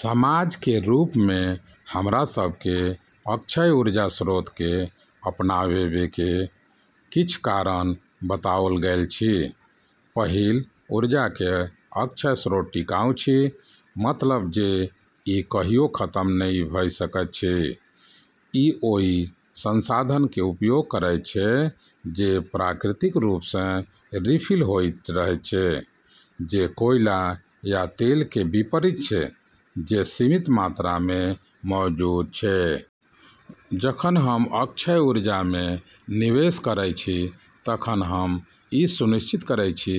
समाजके रूपमे हमरा सभके अक्षय ऊर्जा स्रोतके अपनाबैके किछ कारण बताओल गेल अछि: पहिल, ऊर्जाके अक्षय स्रोत टिकाऊ अछि, मतलब जे ई कहियो खतम नहि भ' सकैत अछि। ई ओइ संसाधनके उपयोग करैत छै जे प्राकृतिक रूपसँ रिफिल होइत रहैत छै, जे कोयला या तेलके विपरीत छै जे सीमित मात्रामे मौजूद छै। जखन हम अक्षय ऊर्जामे निवेश करै छी तखन हम ई सुनिश्चित करै छी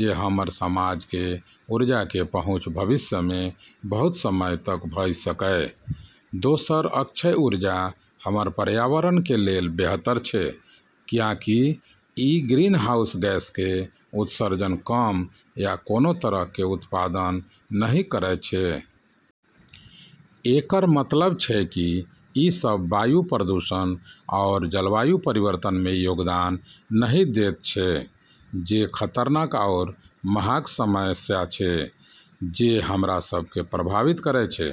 जे हमर समाजके ऊर्जाके पहुँच भविष्यमे बहुत समय तक भ' सकै। दोसर, अक्षय ऊर्जा हमर पर्यावरणके लेल बेहतर छै, कियाकि ई ग्रीनहाउस गैसके उत्सर्जन कम या कोनो तरहके उत्पादन नहि करैत छै। एकर मतलब छै कि ई सब वायु प्रदूषण आओर जलवायु परिवर्तनमे योगदान नहि दैत छै, जे खतरनाक आओर महाग समस्या छै जे हमरा सबके प्रभावित करै छै।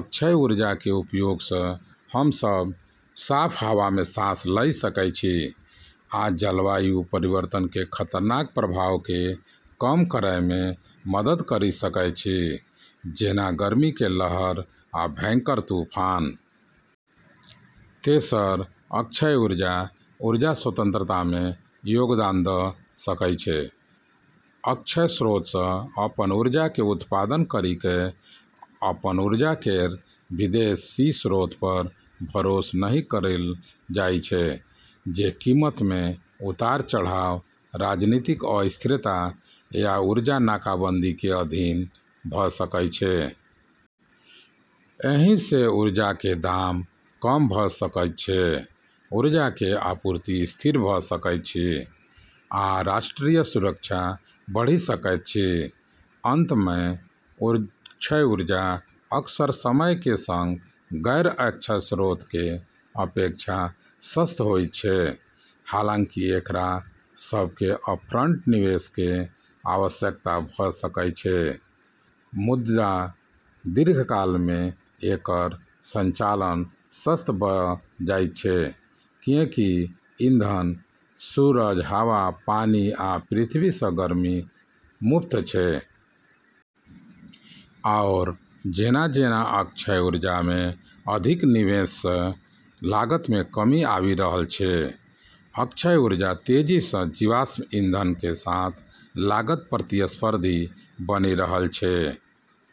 अक्षय ऊर्जाके उपयोगसँ हम सब साफ हवामे सांस ल' सकै छी, आ जलवायु परिवर्तनके खतरनाक प्रभावके कम करैमे मदद करि सकै छी, जेना गर्मीके लहर आ भयंकर तूफान। तेसर, अक्षय ऊर्जा, ऊर्जा- स्वतंत्रतामे योगदान द' सकै छै। अक्षय स्रोतसँ अपन ऊर्जाके उत्पादन करिके अपन ऊर्जा केर विदेशी स्रोत पर भरोस नहि करल जाइ छै जे कीमतमे उतार-चढ़ाव, राजनीतिक अस्थिरता या ऊर्जा नाकाबंदीके अधीन भ' सकै छै। एहिसँ ऊर्जाके दाम कम भ' सकैत अछि, ऊर्जाके आपूर्ति स्थिर भ' सकैत अछि, आ राष्ट्रीय सुरक्षा बढ़ि सकैत अछि। अंतमे, अक्षय ऊर्जा अक्सर समयके सङ्ग गैर-अक्षय स्रोतके अपेक्षा सस्त होइत छै। हालांकि एकरा सबके अप-फ्रंट निवेशके आवश्यकता भ' सकय छै, मुदा दीर्घकालमे एकर संचालन सस्त भ' जाइत छै, किएकि ईंधन (सूरज, हवा, पानि, आ पृथ्वीसँ गर्मी) मुफ्त छै। आओर जेना-जेना अक्षय ऊर्जामे अधिक निवेशसँ लागतमे कमी आबि रहल छै, अक्षय ऊर्जा तेजीसँ जीवाश्म ईंधनके साथ लागत-प्रतिस्पर्धी बनि रहल छै।